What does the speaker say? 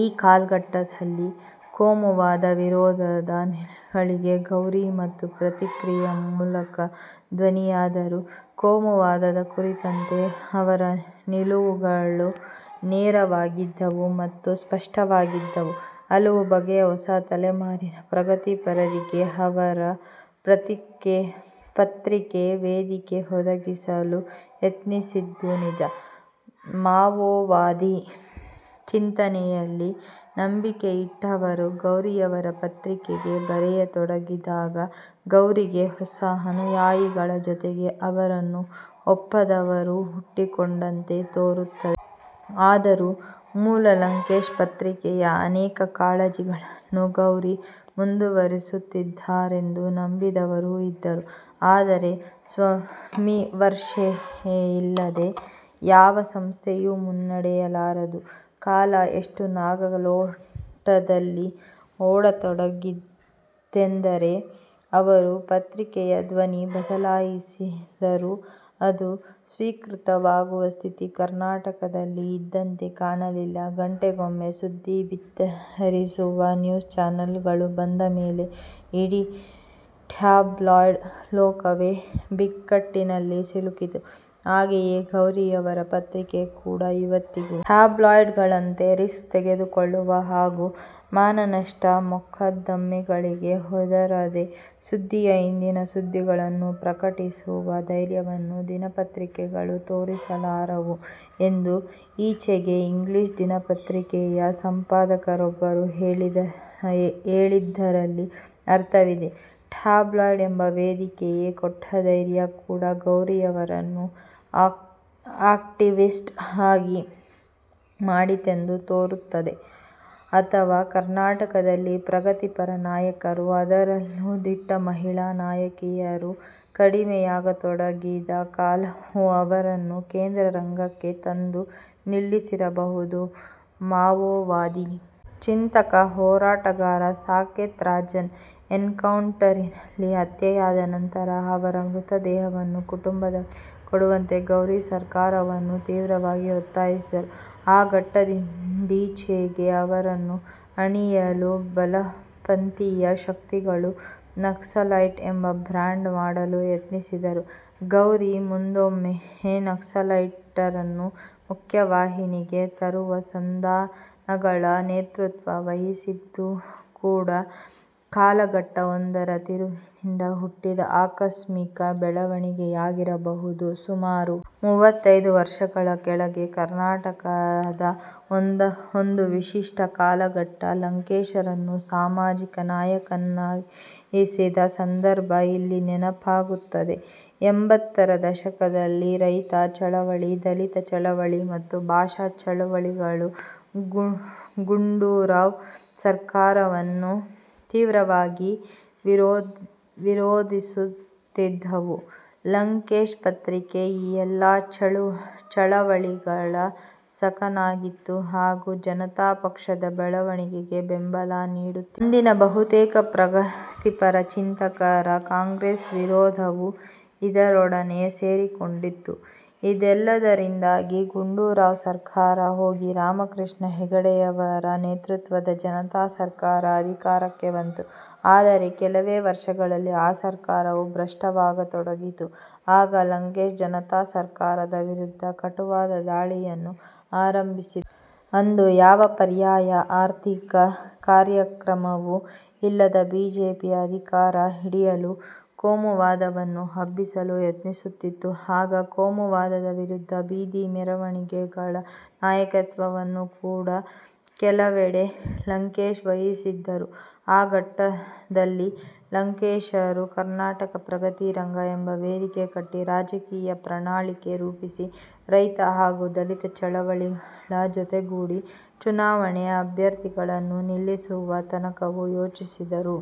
ಈ ಕಾಲಘಟ್ಟದಲ್ಲಿ ಕೋಮುವಾದ ವಿರೋಧದ ನೆಲೆಗಳಿಗೆ ಗೌರಿ ತಮ್ಮ ಪತ್ರಿಕೆಯ ಮೂಲಕ ಧ್ವನಿಯಾದರು. ಕೋಮುವಾದದ ಕುರಿತಂತೆ ಅವರ ನಿಲುವುಗಳು ನೇರವಾಗಿದ್ದವು ಮತ್ತು ಸ್ಪಷ್ಟವಾಗಿದ್ದವು. ಹಲವು ಬಗೆಯ ಹೊಸ ತಲೆಮಾರಿನ ಪ್ರಗತಿಪರರಿಗೆ ಅವರ ಪತ್ರಿಕೆ ವೇದಿಕೆ ಒದಗಿಸಲು ಯತ್ನಿಸಿದ್ದು ನಿಜ. ಮಾವೋವಾದಿ ಚಿಂತನೆಯಲ್ಲಿ ನಂಬಿಕೆಯಿಟ್ಟವರು ಗೌರಿಯವರ ಪತ್ರಿಕೆಗೆ ಬರೆಯತೊಡಗಿದಾಗ, ಗೌರಿಗೆ ಹೊಸ ಅನುಯಾಯಿಗಳ ಜೊತೆಗೆ ಅವರನ್ನು ಒಪ್ಪದವರೂ ಹುಟ್ಟಿಕೊಂಡಂತೆ ತೋರುತ್ತದೆ. ಆದರೂ ಮೂಲ 'ಲಂಕೇಶ್ ಪತ್ರಿಕೆ'ಯ ಅನೇಕ ಕಾಳಜಿಗಳನ್ನು ಗೌರಿ ಮುಂದುವರಿಸುತ್ತಿದ್ದಾರೆಂದು ನಂಬಿದವರೂ ಇದ್ದರು. ಆದರೆ ಸ್ವವಿಮರ್ಶೆಯಿಲ್ಲದೆ ಯಾವ ಸಂಸ್ಥೆಯೂ ಮುನ್ನಡೆಯಲಾರದು. ಕಾಲ ಎಷ್ಟು ನಾಗಾಲೋಟದಲ್ಲಿ ಓಡತೊಡಗಿತ್ತೆಂದರೆ, ಅವರು ಪತ್ರಿಕೆಯ ಧ್ವನಿ ಬದಲಾಯಿಸಿದರೂ ಅದು ಸ್ವೀಕೃತವಾಗುವ ಸ್ಥಿತಿ ಕರ್ನಾಟಕದಲ್ಲಿ ಇದ್ದಂತೆ ಕಾಣಲಿಲ್ಲ. ಗಂಟೆಗೊಮ್ಮೆ ಸುದ್ದಿ ಬಿತ್ತರಿಸುವ ನ್ಯೂಸ್ ಚಾನೆಲ್‌ಗಳು ಬಂದ ಮೇಲೆ ಇಡೀ ಟ್ಯಾಬ್ಲಾಯ್ಡ್ ಲೋಕವೇ ಬಿಕ್ಕಟ್ಟಿನಲ್ಲಿ ಸಿಲುಕಿತು; ಹಾಗೆಯೇ ಗೌರಿಯವರ ಪತ್ರಿಕೆ ಕೂಡ."ಇವತ್ತಿಗೂ ಟ್ಯಾಬ್ಲಾಯ್ಡ್‌ಗಳಂತೆ ರಿಸ್ಕ್ ತೆಗೆದುಕೊಳ್ಳುವ ಹಾಗೂ ಮಾನನಷ್ಟ ಮೊಕದ್ದಮೆಗಳಿಗೆ ಹೆದರದೆ ಸುದ್ದಿಯ ಹಿಂದಿನ ಸುದ್ದಿಗಳನ್ನು ಪ್ರಕಟಿಸುವ ಧೈರ್ಯವನ್ನು ದಿನಪತ್ರಿಕೆಗಳು ತೋರಿಸಲಾರವು" ಎಂದು ಈಚೆಗೆ ಇಂಗ್ಲಿಷ್ ದಿನಪತ್ರಿಕೆಯ ಸಂಪಾದಕರೊಬ್ಬರು ಹೇಳಿದ್ದರಲ್ಲಿ ಅರ್ಥವಿದೆ. ಟ್ಯಾಬ್ಲಾಯ್ಡ್ ಎಂಬ ವೇದಿಕೆಯೇ ಕೊಟ್ಟ ಧೈರ್ಯ ಕೂಡ ಗೌರಿಯವರನ್ನು ಆಕ್ಟಿವಿಸ್ಟ್ ಆಗಿ ಮಾಡಿತೆಂದು ತೋರುತ್ತದೆ. ಅಥವಾ ಕರ್ನಾಟಕದಲ್ಲಿ ಪ್ರಗತಿಪರ ನಾಯಕರು, ಅದರಲ್ಲೂ ದಿಟ್ಟ ಮಹಿಳಾ ನಾಯಕಿಯರು ಕಡಿಮೆಯಾಗತೊಡಗಿದ ಕಾಲವೂ ಅವರನ್ನು ಕೇಂದ್ರ ರಂಗಕ್ಕೆ ತಂದು ನಿಲ್ಲಿಸಿರಬಹುದು. ಮಾವೋವಾದಿ ಚಿಂತಕ-ಹೋರಾಟಗಾರ ಸಾಕೇತ್ ರಾಜನ್ ಎನ್‌ಕೌಂಟರಿನಲ್ಲಿ ಹತ್ಯೆಯಾದ ನಂತರ ಅವರ ಮೃತದೇಹವನ್ನು ಕುಟುಂಬದವರಿಗೆ ಕೊಡುವಂತೆ ಗೌರಿ ಸರ್ಕಾರವನ್ನು ತೀವ್ರವಾಗಿ ಒತ್ತಾಯಿಸಿದರು. ಆ ಘಟ್ಟದಿಂದೀಚೆಗೆ ಅವರನ್ನು ಹಣಿಯಲು ಬಲಪಂಥೀಯ ಶಕ್ತಿಗಳು 'ನಕ್ಸಲೈಟ್' ಎಂದು ಬ್ರ್ಯಾಂಡ್ ಮಾಡಲು ಯತ್ನಿಸಿದವು. ಗೌರಿ ಮುಂದೊಮ್ಮೆ ನಕ್ಸಲೈಟರನ್ನು ಮುಖ್ಯವಾಹಿನಿಗೆ ತರುವ ಸಂಧಾನಗಳ ನೇತೃತ್ವ ವಹಿಸಿದ್ದು ಕೂಡ ಕಾಲಘಟ್ಟವೊಂದರ ತಿರುವಿನಿಂದ ಹುಟ್ಟಿದ ಆಕಸ್ಮಿಕ ಬೆಳವಣಿಗೆಯಾಗಿರಬಹುದು. ಸುಮಾರು ಮೂವತ್ತೈದು ವರ್ಷಗಳ ಕೆಳಗೆ ಕರ್ನಾಟಕದ ಒಂದು ವಿಶಿಷ್ಟ ಕಾಲಘಟ್ಟ ಲಂಕೇಶರನ್ನು ಸಾಮಾಜಿಕ ನಾಯಕನ್ನಾಗಿಸಿದ ಸಂದರ್ಭ ಇಲ್ಲಿ ನೆನಪಾಗುತ್ತದೆ. ಎಂಬತ್ತರ ದಶಕದಲ್ಲಿ ರೈತ ಚಳವಳಿ, ದಲಿತ ಚಳವಳಿ ಮತ್ತು ಭಾಷಾ ಚಳವಳಿಗಳು ಗುಂಡೂರಾವ್ ಸರ್ಕಾರವನ್ನು ತೀವ್ರವಾಗಿ ವಿರೋಧಿಸುತ್ತಿದ್ದವು; 'ಲಂಕೇಶ್ ಪತ್ರಿಕೆ' ಈ ಎಲ್ಲಾ ಚಳವಳಿಗಳ ಸಖನಾಗಿತ್ತು ಹಾಗೂ ಜನತಾ ಪಕ್ಷದ ಬೆಳವಣಿಗೆಗೆ ಬೆಂಬಲ ನೀಡುತ್ತಿತ್ತು. ಅಂದಿನ ಬಹುತೇಕ ಪ್ರಗತಿಪರ ಚಿಂತಕರ ಕಾಂಗ್ರೆಸ್ ವಿರೋಧವೂ ಇದರೊಡನೆ ಸೇರಿಕೊಂಡಿತ್ತು. ಇದೆಲ್ಲದರಿಂದಾಗಿ ಗುಂಡೂರಾವ್ ಸರ್ಕಾರ ಹೋಗಿ, ರಾಮಕೃಷ್ಣ ಹೆಗಡೆಯವರ ನೇತೃತ್ವದ ಜನತಾ ಸರ್ಕಾರ ಅಧಿಕಾರಕ್ಕೆ ಬಂತು. ಆದರೆ ಕೆಲವೇ ವರ್ಷಗಳಲ್ಲಿ ಆ ಸರ್ಕಾರವೂ ಭ್ರಷ್ಟವಾಗತೊಡಗಿತು. ಆಗ ಲಂಕೇಶ್ ಜನತಾ ಸರ್ಕಾರದ ವಿರುದ್ಧ ಕಟುವಾದ ದಾಳಿಯನ್ನು ಆರಂಭಿಸಿದರು. ಅಂದು ಯಾವ ಪರ್ಯಾಯ ಆರ್ಥಿಕ ಕಾರ್ಯಕ್ರಮವೂ ಇಲ್ಲದ ಬಿಜೆಪಿ ಅಧಿಕಾರ ಹಿಡಿಯಲು ಕೋಮುವಾದವನ್ನು ಹಬ್ಬಿಸಲು ಯತ್ನಿಸುತ್ತಿತ್ತು. ಆಗ ಕೋಮುವಾದದ ವಿರುದ್ಧ ಬೀದಿ ಮೆರವಣಿಗೆಗಳ ನಾಯಕತ್ವವನ್ನು ಕೂಡ ಕೆಲವೆಡೆ ಲಂಕೇಶ್ ವಹಿಸಿದ್ದರು. ಆ ಘಟ್ಟದಲ್ಲಿ ಲಂಕೇಶರು 'ಕರ್ನಾಟಕ ಪ್ರಗತಿ ರಂಗ' ಎಂಬ ವೇದಿಕೆ ಕಟ್ಟಿ, ರಾಜಕೀಯ ಪ್ರಣಾಳಿಕೆ ರೂಪಿಸಿ, ರೈತ ಹಾಗೂ ದಲಿತ ಚಳವಳಿಗಳ ಜೊತೆಗೂಡಿ ಚುನಾವಣೆಗೆ ಅಭ್ಯರ್ಥಿಗಳನ್ನು ನಿಲ್ಲಿಸುವ ತನಕವೂ ಯೋಚಿಸಿದರು.